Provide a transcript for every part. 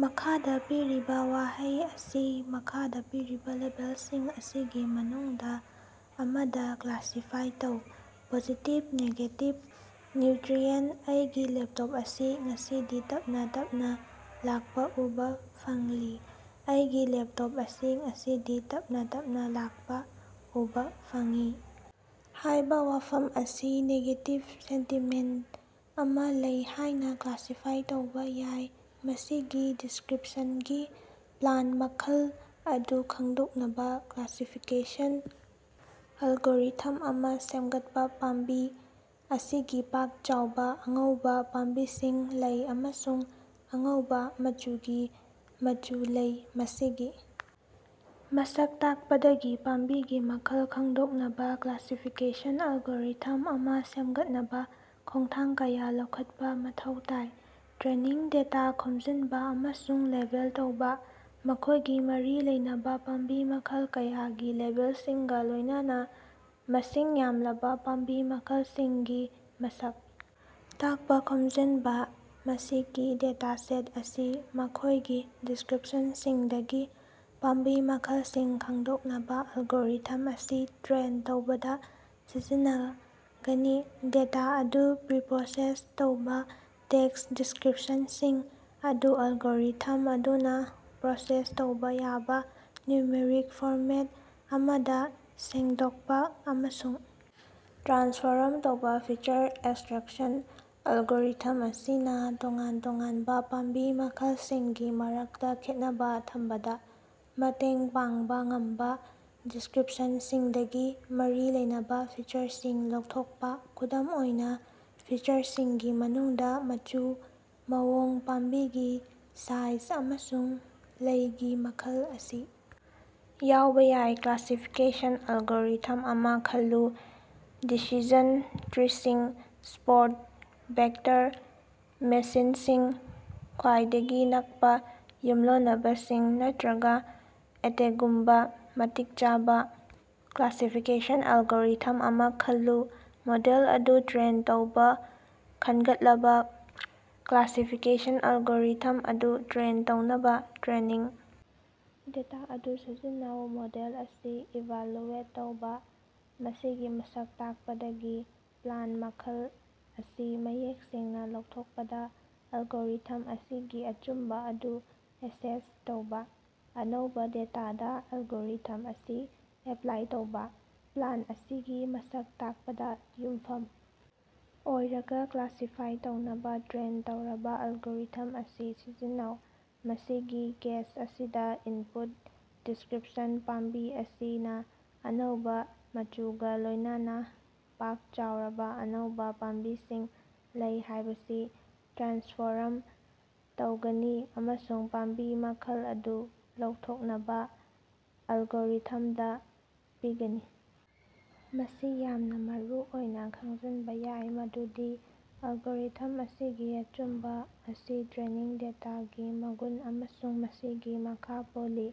ꯃꯈꯥꯗ ꯄꯤꯔꯤꯕ ꯋꯥꯍꯩ ꯑꯁꯤ ꯃꯈꯥꯗ ꯄꯤꯔꯤꯕ ꯂꯦꯕꯦꯜꯁꯤꯡ ꯑꯁꯤꯒꯤ ꯃꯅꯨꯡꯗ ꯑꯃꯗ ꯀ꯭ꯂꯥꯁꯤꯐꯥꯏ ꯇꯧ: ꯄꯣꯖꯤꯇꯤꯚ, ꯅꯦꯒꯦꯇꯤꯚ, ꯅ꯭ꯌꯨꯇ꯭ꯔꯤꯑꯦꯟꯇ꯫ ꯑꯩꯒꯤ ꯂꯦꯞꯇꯣꯞ ꯑꯁꯤ ꯉꯁꯤꯗꯤ ꯇꯞꯅ- ꯇꯞꯅ ꯂꯥꯛꯄ ꯎꯕ ꯐꯪꯂꯤ꯫ "ꯑꯩꯒꯤ ꯂꯦꯞꯇꯣꯞ ꯑꯁꯤ ꯉꯁꯤꯗꯤ ꯇꯞꯅ- ꯇꯞꯅ ꯂꯥꯛꯄ ꯎꯕ ꯐꯪꯏ" ꯍꯥꯏꯕ ꯋꯥꯐꯝ ꯑꯁꯤ ꯅꯦꯒꯦꯇꯤꯚ ꯁꯦꯟꯇꯤꯃꯦꯟꯇ ꯑꯃ ꯂꯩ ꯍꯥꯏꯅ ꯀ꯭ꯂꯥꯁꯤꯐꯥꯏ ꯇꯧꯕ ꯌꯥꯏ꯫ ꯃꯁꯤꯒꯤ ꯗꯤꯁꯀ꯭ꯔꯤꯞꯁꯟꯗꯒꯤ ꯄ꯭ꯂꯥꯟꯇ ꯃꯈꯜ ꯑꯗꯨ ꯈꯪꯗꯣꯛꯅꯕ ꯀ꯭ꯂꯥꯁꯤꯐꯤꯀꯦꯁꯟ ꯑꯦꯜꯒꯣꯔꯤꯊꯝ ꯑꯃ ꯁꯦꯝꯒꯠꯄ ꯄꯥꯝꯕꯤ ꯑꯁꯤꯒꯤ ꯄꯥꯛ-ꯆꯥꯎꯕ ꯑꯉꯧꯕ ꯄꯥꯝꯕꯤꯁꯤꯡ ꯂꯩ ꯑꯃꯁꯨꯡ ꯑꯉꯧꯕ ꯃꯆꯨꯒꯤ ꯃꯆꯨ ꯂꯩ꯫ ꯃꯁꯤꯒꯤ ꯃꯁꯛ ꯇꯥꯛꯄꯗꯒꯤ ꯄꯥꯝꯕꯤꯒꯤ ꯃꯈꯜ ꯈꯪꯗꯣꯛꯅꯕ ꯀ꯭ꯂꯥꯁꯤꯐꯤꯀꯦꯁꯟ ꯑꯦꯜꯒꯣꯔꯤꯊꯝ ꯑꯃ ꯁꯦꯝꯒꯠꯅꯕ ꯈꯣꯡꯊꯥꯡ ꯀꯌꯥ ꯂꯧꯈꯠꯄ ꯃꯊꯧ ꯇꯥꯏ꯫ ꯇ꯭ꯔꯦꯅꯤꯡ ꯗꯦꯇꯥ ꯈꯣꯝꯖꯤꯟꯕ ꯑꯃꯁꯨꯡ ꯂꯦꯕꯦꯜ ꯇꯧꯕ: ꯃꯈꯣꯏꯒꯤ ꯃꯔꯤ ꯂꯩꯅꯕ ꯄꯥꯝꯕꯤ ꯃꯈꯜ ꯀꯌꯥꯒꯤ ꯂꯦꯕꯦꯜꯁꯤꯡꯒ ꯂꯣꯏꯅꯅ ꯃꯁꯤꯡ ꯌꯥꯝꯂꯕ ꯄꯥꯝꯕꯤ ꯃꯈꯜꯁꯤꯡꯒꯤ ꯃꯁꯛ ꯇꯥꯛꯄ ꯈꯣꯝꯖꯤꯟꯕ꯫ ꯃꯁꯤꯒꯤ ꯗꯦꯇꯥꯁꯦꯠ ꯑꯁꯤ ꯃꯈꯣꯏꯒꯤ ꯗꯤꯁꯀ꯭ꯔꯤꯞꯁꯟꯁꯤꯡꯗꯒꯤ ꯄꯥꯝꯕꯤ ꯃꯈꯜꯁꯤꯡ ꯈꯪꯗꯣꯛꯅꯕ ꯑꯦꯜꯒꯣꯔꯤꯊꯝ ꯑꯁꯤ ꯇ꯭ꯔꯦꯟ ꯇꯧꯕꯗ ꯁꯤꯖꯤꯟꯅ ꯒꯅꯤ꯫ ꯗꯦꯇꯥ ꯑꯗꯨ ꯄ꯭ꯔꯤꯄ꯭ꯔꯣꯁꯦꯁ ꯇꯧꯕ: ꯇꯦꯛꯁ ꯗꯤꯁꯀ꯭ꯔꯤꯞꯁꯟꯁꯤꯡ ꯑꯗꯨ ꯑꯦꯜꯒꯣꯔꯤꯊꯝ ꯑꯗꯨꯅ ꯄ꯭ꯔꯣꯁꯦꯁ ꯇꯧꯕ ꯌꯥꯕ ꯅ꯭ꯌꯨꯃꯔꯤꯛ ꯐꯣꯔꯃꯦꯠ ꯑꯃꯗ ꯁꯦꯡꯗꯣꯛꯄ ꯑꯃꯁꯨꯡ ꯇ꯭ꯔꯥꯟꯁꯐꯣꯔꯝ ꯇꯧꯕ꯫ ꯐꯤꯆꯔ ꯑꯦꯛꯁꯇ꯭ꯔꯦꯛꯁꯟ: ꯑꯦꯜꯒꯣꯔꯤꯊꯝ ꯑꯁꯤꯅ ꯇꯣꯉꯥꯟ -ꯇꯣꯉꯥꯟꯕ ꯄꯥꯝꯕꯤ ꯃꯈꯜꯁꯤꯡꯒꯤ ꯃꯔꯛꯇ ꯈꯦꯠꯅꯕ ꯊꯝꯕꯗ ꯃꯇꯦꯡ ꯄꯥꯡꯕ ꯉꯝꯕ ꯗꯤꯁꯀ꯭ꯔꯤꯞꯁꯟꯁꯤꯡꯗꯒꯤ ꯃꯔꯤ ꯂꯩꯅꯕ ꯐꯤꯆꯔꯁꯤꯡ ꯂꯧꯊꯣꯛꯄ꯫ ꯈꯨꯗꯝ ꯑꯣꯏꯅ, ꯐꯤꯆꯔꯁꯤꯡꯒꯤ ꯃꯅꯨꯡꯗ ꯃꯆꯨ, ꯃꯑꯣꯡ, ꯄꯥꯝꯕꯤꯒꯤ ꯁꯥꯏꯖ ꯑꯃꯁꯨꯡ ꯂꯩꯒꯤ ꯃꯈꯜ ꯑꯁꯤ ꯌꯥꯎꯕ ꯌꯥꯏ꯫ ꯀ꯭ꯂꯥꯁꯤꯐꯤꯀꯦꯁꯟ ꯑꯦꯜꯒꯣꯔꯤꯊꯝ ꯑꯃ ꯈꯜꯂꯨ ꯗꯤꯁꯤꯖꯟ ꯇ꯭ꯔꯤꯁꯤꯡ, ꯁꯄꯣꯔꯠ ꯚꯦꯛꯇꯔ ꯃꯦꯁꯤꯟꯁꯤꯡ, ꯈ꯭ꯋꯥꯏꯗꯒꯤ ꯅꯛꯄ ꯌꯨꯝꯂꯣꯟꯅꯕꯁꯤꯡ ꯅꯠꯇ꯭ꯔꯒ ꯑꯇꯦꯒꯨꯝꯕ ꯃꯇꯤꯛ ꯆꯥꯕ ꯀ꯭ꯂꯥꯁꯤꯐꯤꯀꯦꯁꯟ ꯑꯦꯜꯒꯣꯔꯤꯊꯝ ꯑꯃ ꯈꯜꯂꯨ꯫ ꯃꯣꯗꯦꯜ ꯑꯗꯨ ꯇ꯭ꯔꯦꯟ ꯇꯧꯕ: ꯈꯟꯒꯠꯂꯕ ꯀ꯭ꯂꯥꯁꯤꯐꯤꯀꯦꯁꯟ ꯑꯦꯜꯒꯣꯔꯤꯊꯝ ꯑꯗꯨ ꯇ꯭ꯔꯦꯟ ꯇꯧꯅꯕ ꯇ꯭ꯔꯦꯅꯤꯡ ꯗꯦꯇꯥ ꯑꯗꯨ ꯁꯤꯖꯤꯟꯅꯧ꯫ ꯃꯣꯗꯦꯜ ꯑꯁꯤ ꯏꯚꯥꯂꯨꯑꯦꯠ ꯇꯧꯕ: ꯃꯁꯤꯒꯤ ꯃꯁꯛ ꯇꯥꯛꯄꯗꯒꯤ ꯄ꯭ꯂꯥꯟꯇ ꯃꯈꯜ ꯑꯁꯤ ꯃꯌꯦꯛ ꯁꯦꯡꯅ ꯂꯥꯎꯊꯣꯛꯄꯗ ꯑꯦꯜꯒꯣꯔꯤꯊꯝ ꯑꯁꯤꯒꯤ ꯑꯆꯨꯝꯕ ꯑꯗꯨ ꯑꯦꯁꯦꯁ ꯇꯧꯕ꯫ ꯑꯅꯧꯕ ꯗꯦꯇꯥꯗ ꯑꯦꯜꯒꯣꯔꯤꯊꯝ ꯑꯁꯤ ꯑꯦꯞꯂꯥꯏ ꯇꯧꯕ: ꯄ꯭ꯂꯥꯟꯇ ꯑꯁꯤꯒꯤ ꯃꯁꯛ ꯇꯥꯛꯄꯗ ꯌꯨꯝꯐꯝ ꯑꯣꯏꯔꯒ ꯀ꯭ꯂꯥꯁꯤꯐꯥꯏ ꯇꯧꯅꯕ ꯇ꯭ꯔꯦꯟ ꯇꯧꯔꯕ ꯑꯦꯜꯒꯣꯔꯤꯊꯝ ꯑꯁꯤ ꯁꯤꯖꯤꯟꯅꯧ꯫ ꯃꯁꯤꯒꯤ ꯀꯦꯁ ꯑꯁꯤꯗ ꯏꯟꯄꯨꯠ ꯗꯤꯁꯀ꯭ꯔꯤꯞꯁꯟ 'ꯄꯥꯝꯕꯤ ꯑꯁꯤꯅ ꯑꯉꯧꯕ ꯃꯆꯨꯒ ꯂꯣꯏꯅꯅ ꯄꯥꯛ ꯆꯥꯎꯔꯕ ꯑꯉꯧꯕ ꯄꯥꯝꯕꯤꯁꯤꯡ ꯂꯩ' ꯍꯥꯏꯕꯁꯤ ꯇ꯭ꯔꯥꯟꯁꯐꯣꯔꯝ ꯇꯧꯒꯅꯤ ꯑꯃꯁꯨꯡ ꯄꯥꯝꯕꯤ ꯃꯈꯜ ꯑꯗꯨ ꯂꯧꯊꯣꯛꯅꯕ ꯑꯦꯜꯒꯣꯔꯤꯊꯃꯗ ꯄꯤꯒꯅꯤ꯫ ꯃꯁꯤ ꯌꯥꯝꯅ ꯃꯔꯨꯑꯣꯏꯅ ꯈꯪꯖꯤꯟꯕ ꯌꯥꯏ ꯃꯗꯨꯗꯤ ꯑꯦꯜꯒꯣꯔꯤꯊꯝ ꯑꯁꯤꯒꯤ ꯑꯆꯨꯝꯕ ꯑꯁꯤ ꯇ꯭ꯔꯦꯅꯤꯡ ꯗꯦꯇꯥꯒꯤ ꯃꯒꯨꯟ ꯑꯃꯁꯨꯡ ꯃꯁꯤꯡꯒꯤ ꯃꯈꯥ ꯄꯣꯜꯂꯤ꯫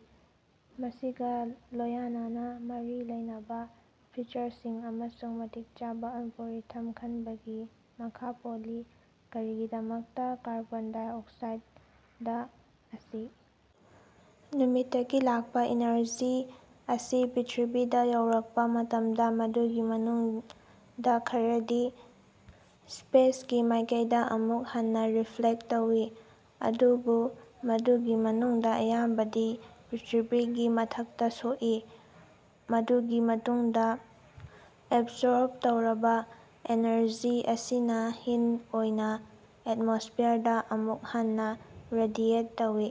ꯃꯁꯤꯒ ꯂꯣꯌꯅꯅ ꯃꯔꯤ ꯂꯩꯅꯕ ꯐꯤꯆꯔꯁꯤꯡ ꯑꯃꯁꯨꯡ ꯃꯇꯤꯛ ꯆꯥꯕ ꯑꯦꯜꯒꯣꯔꯤꯊꯝ ꯈꯟꯕꯒꯤ ꯃꯈꯥ ꯄꯣꯜꯂꯤ꯫ ꯀꯔꯤꯒꯤꯗꯃꯛꯇ ꯀꯥꯔꯕꯣꯟ -ꯗꯥꯏꯑꯣꯛꯁꯥꯏꯗꯗ ꯑꯁꯤ ꯅꯨꯃꯤꯠꯇꯒꯤ ꯂꯥꯛꯄ ꯏꯅꯔꯖꯤ ꯑꯁꯤ ꯄ꯭ꯔꯤꯊꯤꯕꯤꯗ ꯌꯧꯔꯛꯄ ꯃꯇꯝꯗ, ꯃꯗꯨꯒꯤ ꯃꯅꯨꯡꯗ ꯈꯔꯗꯤ ꯁ꯭ꯄꯦꯁꯀꯤ ꯃꯥꯏꯀꯩꯗ ꯑꯃꯨꯛ ꯍꯟꯅ ꯔꯤꯐ꯭ꯂꯦꯛꯇ ꯇꯧꯏ꯫ ꯑꯗꯨꯕꯨ ꯃꯗꯨꯒꯤ ꯃꯅꯨꯡꯗ ꯑꯌꯥꯝꯕꯗꯤ ꯄ꯭ꯔꯤꯊꯤꯕꯤꯒꯤ ꯃꯊꯛꯇ ꯁꯣꯛꯏ꯫ ꯃꯗꯨꯒꯤ ꯃꯇꯨꯡꯗ ꯑꯦꯕꯁꯣꯔꯕ ꯇꯧꯔꯕ ꯑꯦꯅꯔꯖꯤ ꯑꯁꯤꯅ ꯍꯤꯟꯠ ꯑꯣꯏꯅ ꯑꯦꯠꯃꯣꯁ꯭ꯐꯤꯌꯔꯗ ꯑꯃꯨꯛ ꯍꯟꯅ ꯔꯦꯗꯤꯑꯦꯠ ꯇꯧꯏ꯫